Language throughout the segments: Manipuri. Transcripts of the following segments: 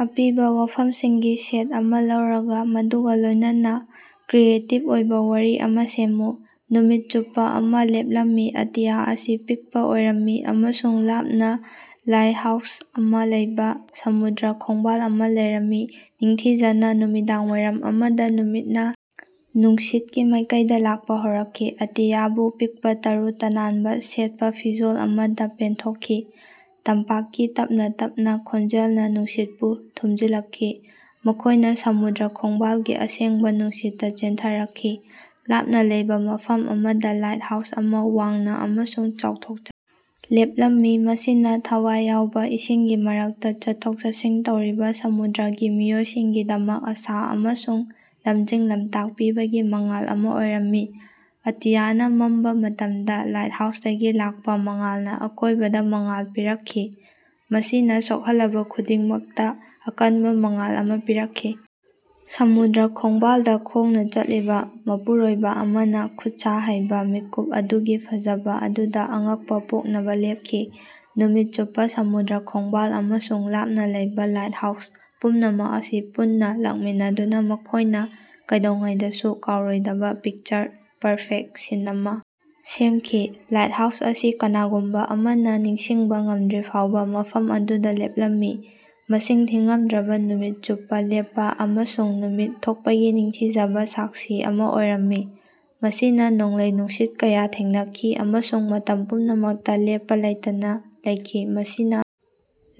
ꯑꯄꯤꯕ ꯋꯥꯐꯝꯁꯤꯡꯒꯤ ꯁꯦꯠ ꯑꯃ ꯂꯧꯔꯒ ꯃꯗꯨꯒ ꯂꯣꯏꯅꯅ ꯀ꯭ꯔꯤꯌꯦꯇꯤꯚ ꯑꯣꯏꯕ ꯋꯥꯔꯤ ꯑꯃꯥ ꯁꯦꯝꯃꯨ꯫ ꯅꯨꯃꯤꯠ ꯆꯨꯞꯄ ꯑꯃ ꯂꯦꯞꯂꯝꯃꯤ, ꯑꯇꯤꯌꯥ ꯑꯁꯤ ꯄꯤꯛꯄ ꯑꯣꯏꯔꯝꯃꯤ ꯑꯃꯁꯨꯡ ꯂꯥꯞꯅ ꯂꯥꯏꯠꯍꯥꯎꯁ ꯑꯃ ꯂꯩꯕ ꯁꯃꯨꯗ꯭ꯔ ꯈꯣꯡꯕꯥꯜ ꯑꯃ ꯂꯩꯔꯝꯃꯤ꯫ ꯅꯤꯡꯊꯤꯖꯅ ꯅꯨꯃꯤꯗꯥꯡꯋꯥꯏꯔꯝ ꯑꯃꯗ, ꯅꯨꯃꯤꯠꯅ ꯅꯨꯡꯁꯤꯠꯀꯤ ꯃꯥꯏꯀꯩꯗ ꯂꯥꯛꯄ ꯍꯧꯔꯛꯈꯤ, ꯑꯇꯤꯌꯥꯕꯨ ꯄꯤꯛꯄ ꯇꯔꯨ ꯇꯅꯥꯟꯕ ꯁꯦꯠꯄ ꯐꯤꯖꯣꯜ ꯑꯃꯗ ꯄꯦꯟꯊꯣꯛꯈꯤ꯫ ꯇꯝꯄꯥꯛꯀꯤ ꯇꯞꯅ ꯇꯞꯅ ꯈꯣꯟꯖꯦꯜꯅ ꯅꯨꯡꯁꯤꯠꯄꯨ ꯊꯨꯝꯖꯤꯜꯂꯛꯈꯤ, ꯃꯈꯣꯏꯅ ꯁꯃꯨꯗ꯭ꯔ ꯈꯣꯡꯕꯥꯜꯒꯤ ꯑꯁꯦꯡꯕ ꯅꯨꯡꯁꯤꯠꯇ ꯆꯦꯟꯊꯔꯛꯈꯤ꯫ ꯂꯥꯞꯅ ꯂꯩꯕ ꯃꯐꯝ ꯑꯃꯗ ꯂꯥꯏꯠꯍꯥꯎꯁ ꯑꯃ ꯋꯥꯡꯅ ꯑꯃꯁꯨꯡ ꯆꯥꯎꯊꯣꯛꯆꯅ ꯂꯦꯞꯂꯝꯃꯤ, ꯃꯁꯤꯅ ꯊꯋꯥꯏ ꯌꯥꯎꯕ ꯏꯁꯤꯡꯒꯤ ꯃꯔꯛꯇ ꯆꯠꯊꯣꯛ-ꯆꯠꯁꯤꯟ ꯇꯧꯔꯤꯕ ꯁꯃꯨꯗ꯭ꯔꯒꯤ ꯃꯤꯑꯣꯏꯁꯤꯡꯒꯤꯗꯃꯛ ꯑꯁꯥ ꯑꯃꯁꯨꯡ ꯂꯝꯖꯤꯡ-ꯂꯝꯇꯥꯛ ꯄꯤꯕꯒꯤ ꯃꯉꯥꯜ ꯑꯃ ꯑꯣꯏꯔꯝꯃꯤ꯫ ꯑꯇꯤꯌꯥꯅ ꯃꯝꯕ ꯃꯇꯝꯗ ꯂꯥꯏꯠꯍꯥꯎꯁꯇꯒꯤ ꯂꯥꯛꯄ ꯃꯉꯥꯜꯅ ꯑꯀꯣꯏꯕꯗ ꯃꯉꯥꯜ ꯄꯤꯔꯛꯈꯤ, ꯃꯁꯤꯅ ꯁꯣꯛꯍꯜꯂꯕ ꯈꯨꯗꯤꯡꯃꯛꯇ ꯑꯀꯟꯕ ꯃꯉꯥꯜ ꯑꯃ ꯄꯤꯔꯛꯈꯤ꯫ ꯁꯃꯨꯗ꯭ꯔ ꯈꯣꯡꯕꯥꯜꯗ ꯈꯣꯡꯅ ꯆꯠꯂꯤꯕ ꯃꯄꯨꯔꯣꯏꯕ ꯑꯃꯅ ꯈꯨꯠꯁꯥ ꯍꯩꯕ, ꯃꯤꯀꯨꯞ ꯑꯗꯨꯒꯤ ꯐꯖꯕ ꯑꯗꯨꯗ ꯑꯉꯛꯄ ꯄꯣꯛꯅꯕ ꯂꯦꯞꯈꯤ꯫ ꯅꯨꯃꯤꯠ ꯆꯨꯞꯄ ꯁꯃꯨꯗ꯭ꯔ ꯈꯣꯡꯕꯥꯜ ꯑꯃꯁꯨꯡ ꯂꯥꯞꯅ ꯂꯩꯕ ꯂꯥꯏꯠꯍꯥꯎꯁ, ꯄꯨꯝꯅꯃꯛ ꯑꯁꯤ ꯄꯨꯟꯅ ꯂꯥꯛꯃꯤꯟꯅꯗꯨꯅ ꯃꯈꯣꯏꯅ ꯀꯩꯗꯧꯉꯩꯗꯁꯨ ꯀꯥꯎꯔꯣꯏꯗꯕ ꯄꯤꯛꯆꯔ-ꯄꯔꯐꯦꯛꯇ ꯁꯤꯟ ꯑꯃ ꯁꯦꯝꯈꯤ꯫ ꯂꯥꯏꯠꯍꯥꯎꯁ ꯑꯁꯤ ꯀꯅꯥꯒꯨꯝꯕ ꯑꯃꯅ ꯅꯤꯡꯁꯤꯡꯕꯥ ꯉꯝꯗ꯭ꯔꯤꯐꯥꯎꯕ ꯃꯐꯝ ꯑꯗꯨꯗ ꯂꯦꯞꯂꯝꯃꯤ, ꯃꯁꯤꯡ ꯊꯤꯉꯝꯗ꯭ꯔꯕ ꯅꯨꯃꯤꯠ ꯆꯨꯞꯄ ꯂꯦꯞꯄ ꯑꯃꯁꯨꯡ ꯅꯨꯃꯤꯠ ꯊꯣꯛꯄꯒꯤ ꯅꯤꯡꯊꯤꯖꯕ ꯁꯥꯛꯁꯤ ꯑꯃ ꯑꯣꯏꯔꯝꯃꯤ꯫ ꯃꯁꯤꯅ ꯅꯣꯡꯂꯩ-ꯅꯨꯡꯁꯤꯠ ꯀꯌ ꯊꯦꯡꯅꯈꯤ ꯑꯃꯁꯨꯡ ꯃꯇꯝ ꯄꯨꯝꯅꯃꯛꯇ ꯂꯦꯞꯄ ꯂꯩꯇꯅ ꯂꯩꯈꯤ, ꯃꯁꯤꯅ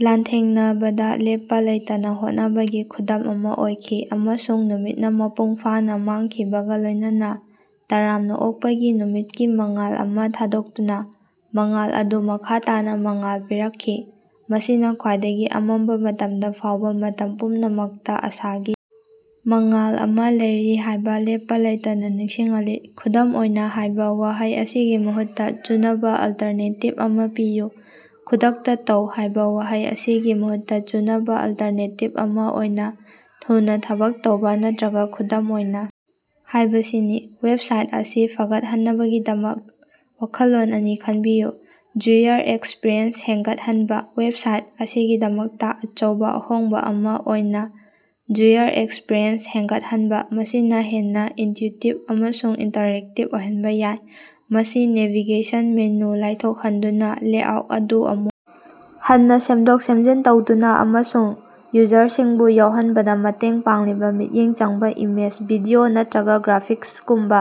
ꯂꯥꯟꯊꯦꯡꯅꯕꯗ ꯂꯦꯞꯄ ꯂꯩꯇꯅ ꯍꯣꯠꯅꯕꯒꯤ ꯈꯨꯗꯝ ꯑꯃ ꯑꯣꯏꯈꯤ꯫ ꯑꯃꯁꯨꯡ ꯅꯨꯃꯤꯠꯅ ꯃꯄꯨꯡ ꯐꯥꯅ ꯃꯥꯡꯈꯤꯕꯒ ꯂꯣꯏꯅꯅ, ꯇꯔꯥꯝꯅ ꯑꯣꯛꯄꯒꯤ ꯅꯨꯃꯤꯠꯀꯤ ꯃꯉꯥꯜ ꯑꯃ ꯊꯥꯗꯣꯛꯇꯨꯅ, ꯃꯉꯥꯜ ꯑꯗꯨ ꯃꯈꯥ ꯇꯥꯅ ꯃꯉꯥꯜ ꯄꯤꯔꯛꯈꯤ, ꯃꯁꯤꯅ ꯈ꯭ꯋꯥꯏꯗꯒꯤ ꯑꯃꯝꯕ ꯃꯇꯝꯗ ꯐꯥꯎꯕ ꯃꯇꯝ ꯄꯨꯝꯅꯃꯛꯇ ꯑꯁꯥꯒꯤ ꯃꯉꯥꯜ ꯑꯃ ꯂꯩꯔꯤ ꯍꯥꯏꯕ ꯂꯦꯞꯄ ꯂꯩꯇꯅ ꯅꯤꯡꯁꯤꯡꯍꯜꯂꯤ꯫ "ꯈꯨꯗꯝ ꯑꯣꯏꯅ" ꯍꯥꯏꯕ ꯋꯥꯍꯩ ꯑꯁꯤꯒꯤ ꯃꯍꯨꯠꯇ ꯆꯨꯅꯕ ꯑꯜꯇꯔꯅꯦꯇꯤꯚ ꯑꯃ ꯄꯤꯌꯨ꯫ "ꯈꯨꯗꯛꯇ ꯇꯧ" ꯍꯥꯏꯕ ꯋꯥꯍꯩ ꯑꯁꯤꯒꯤ ꯃꯍꯨꯠꯇ ꯆꯨꯅꯕ ꯑꯜꯇꯔꯅꯦꯇꯤꯚ ꯑꯃ ꯑꯣꯏꯅ "ꯊꯨꯅ ꯊꯕꯛ ꯇꯧꯕ" ꯅꯠꯇ꯭ꯔꯒ "ꯈꯨꯗꯝ ꯑꯣꯏꯅ" ꯍꯥꯏꯕꯁꯤꯅꯤ꯫ ꯋꯦꯕꯁꯥꯏꯠ ꯑꯁꯤ ꯐꯒꯠꯍꯟꯅꯕꯒꯤꯗꯃꯛ ꯋꯥꯈꯜꯂꯣꯟ ꯑꯅꯤ ꯈꯟꯕꯤꯌꯨ꯫ ꯌꯨꯖꯔ ꯑꯦꯛꯁꯄꯤꯔꯤꯑꯦꯟꯁ ꯍꯦꯟꯒꯠꯍꯟꯕ: ꯋꯦꯕꯁꯥꯏꯠ ꯑꯁꯤꯒꯤꯗꯃꯛꯇ ꯑꯆꯧꯕ ꯑꯍꯣꯡꯕ ꯑꯃ ꯑꯣꯏꯅ ꯌꯨꯖꯔ ꯑꯦꯛꯁꯄꯤꯔꯤꯑꯦꯟꯁ ꯍꯦꯟꯒꯠꯍꯟꯕ ꯃꯁꯤꯅ ꯍꯦꯟꯅ ꯏꯅꯇ꯭ꯌꯨꯇꯤꯚ ꯑꯃꯁꯨꯡ ꯏꯟꯇꯔꯦꯛꯇꯤꯚ ꯑꯣꯏꯍꯟꯕ ꯌꯥꯏ꯫ ꯃꯁꯤ ꯅꯦꯚꯤꯒꯦꯁꯟ ꯃꯦꯅꯨ ꯂꯥꯏꯊꯣꯛꯍꯟꯗꯨꯅ, ꯂꯦꯑꯥꯎꯠ ꯑꯗꯨ ꯑꯃꯨꯛ ꯍꯟꯅ ꯁꯦꯝꯗꯣꯛ-ꯁꯦꯞꯖꯤꯟ ꯇꯧꯗꯨꯅ ꯑꯃꯁꯨꯡ ꯌꯨꯖꯔꯁꯤꯡꯕꯨ ꯌꯥꯎꯍꯟꯕꯗ ꯃꯇꯦꯡ ꯄꯥꯡꯂꯤꯕ ꯃꯤꯠꯌꯦꯡ ꯆꯪꯕ ꯏꯃꯦꯖ, ꯚꯤꯗꯤꯑꯣ ꯅꯠꯇ꯭ꯔꯒ ꯒ꯭ꯔꯥꯐꯤꯛꯁꯒꯨꯝꯕ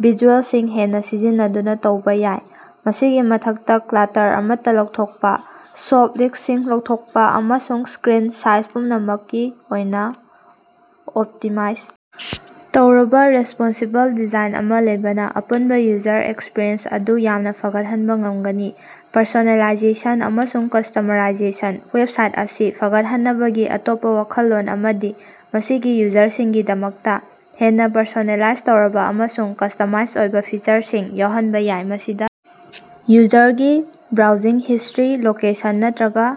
ꯚꯤꯖꯨꯑꯦꯜꯁꯤꯡ ꯍꯦꯟꯅ ꯁꯤꯖꯤꯟꯅꯗꯨꯅ ꯇꯧꯕ ꯌꯥꯏ꯫ ꯃꯁꯤꯒꯤ ꯃꯊꯛꯇ ꯀ꯭ꯂꯥꯇꯔ ꯑꯃꯠꯇ ꯂꯧꯊꯣꯛꯄ, ꯁꯣꯜꯄ ꯂꯤꯡꯀꯁꯤꯡ ꯂꯧꯊꯣꯛꯄ ꯑꯃꯁꯨꯡ ꯁ꯭ꯀꯔꯤꯟ ꯁꯥꯏꯖ ꯄꯨꯝꯅꯃꯛꯀꯤ ꯑꯣꯏꯅ ꯑꯣꯞꯇꯤꯃꯥꯏꯖ ꯇꯧꯔꯕ ꯔꯦꯁꯄꯣꯟꯁꯤꯕꯜ ꯗꯤꯖꯥꯏꯟ ꯑꯃ ꯂꯩꯕꯅ ꯑꯄꯨꯟꯕ ꯌꯨꯖꯔ ꯑꯦꯛꯁꯄꯤꯔꯤꯑꯦꯟꯁ ꯑꯗꯨ ꯌꯥꯝꯅ ꯐꯒꯠꯍꯅꯟꯕ ꯉꯝꯒꯅꯤ꯫ ꯄꯔꯁꯣꯅꯦꯂꯥꯏꯖꯦꯁꯟ ꯑꯃꯁꯨꯡ ꯀꯁꯇꯃꯔꯥꯏꯖꯦꯁꯟ: ꯋꯦꯕꯁꯥꯏꯠ ꯑꯁꯤ ꯐꯒꯠꯍꯟꯅꯕꯒꯤ ꯑꯇꯣꯞꯄ ꯋꯥꯈꯜꯂꯣꯟ ꯑꯃꯗꯤ ꯃꯁꯤꯒꯤ ꯌꯨꯖꯔꯁꯤꯡꯒꯤꯗꯃꯛꯇ ꯍꯦꯟꯅ ꯄꯔꯁꯣꯅꯦꯂꯥꯏꯖ ꯇꯧꯔꯕ ꯑꯃꯁꯨꯡ ꯀꯁꯇꯃꯥꯁ ꯑꯣꯏꯕ ꯐꯤꯆꯔꯁꯤꯡ ꯌꯥꯎꯍꯟꯕ ꯌꯥꯏ꯫ ꯃꯁꯤꯗ ꯌꯨꯖꯔꯒꯤ ꯕ꯭ꯔꯥꯎꯖꯤꯡ ꯍꯤꯁꯇ꯭ꯔꯤ, ꯂꯣꯀꯦꯁꯟ ꯅꯠꯇ꯭ꯔꯒ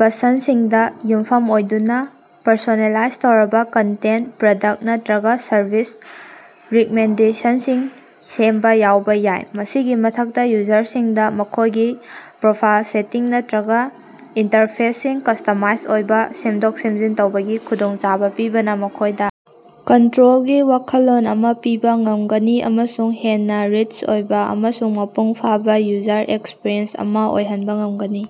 ꯄꯁꯟꯗꯁꯤꯡꯗ ꯌꯨꯝꯐꯝ ꯑꯣꯏꯗꯨꯅ ꯄꯔꯁꯣꯅꯦꯂꯥꯏꯖ ꯇꯧꯔꯕ ꯀꯟꯇꯦꯟꯇ, ꯄ꯭ꯔꯗꯛꯇ ꯅꯠꯇ꯭ꯔꯒ ꯁꯔꯚꯤꯁ ꯔꯤꯀꯃꯦꯟꯗꯦꯁꯟꯁꯤꯡ ꯁꯦꯝꯕ ꯌꯥꯎꯕ ꯌꯥꯏ꯫ ꯃꯁꯤꯒꯤ ꯃꯊꯛꯇ, ꯌꯨꯖꯔꯁꯤꯡꯗ ꯃꯈꯣꯏꯒꯤ ꯄ꯭ꯔꯣꯐꯥꯏꯜ ꯁꯦꯇꯤꯡ ꯅꯠꯇ꯭ꯔꯒ ꯏꯟꯇꯔꯐꯦꯁꯁꯤꯡ ꯀꯁꯇꯃꯥꯁ ꯑꯣꯏꯕ ꯁꯦꯝꯗꯣꯛ-ꯁꯦꯝꯖꯤꯟ ꯇꯧꯕꯒꯤ ꯈꯨꯗꯣꯡꯆꯥꯕ ꯄꯤꯕꯅ ꯃꯈꯣꯏꯗ ꯀꯟꯇ꯭ꯔꯣꯜꯒꯤ ꯋꯥꯈꯜꯂꯣꯟ ꯑꯃ ꯄꯤꯕ ꯉꯝꯒꯅꯤ ꯑꯃꯁꯨꯡ ꯍꯦꯟꯅ ꯔꯤꯆ ꯑꯣꯏꯕ ꯑꯃꯁꯨꯡ ꯃꯄꯨꯡ ꯐꯥꯕ ꯌꯨꯖꯔ ꯑꯦꯛꯁꯄꯤꯔꯤꯑꯦꯟꯁ ꯑꯃ ꯑꯣꯏꯍꯟꯕ ꯉꯝꯒꯅꯤ꯫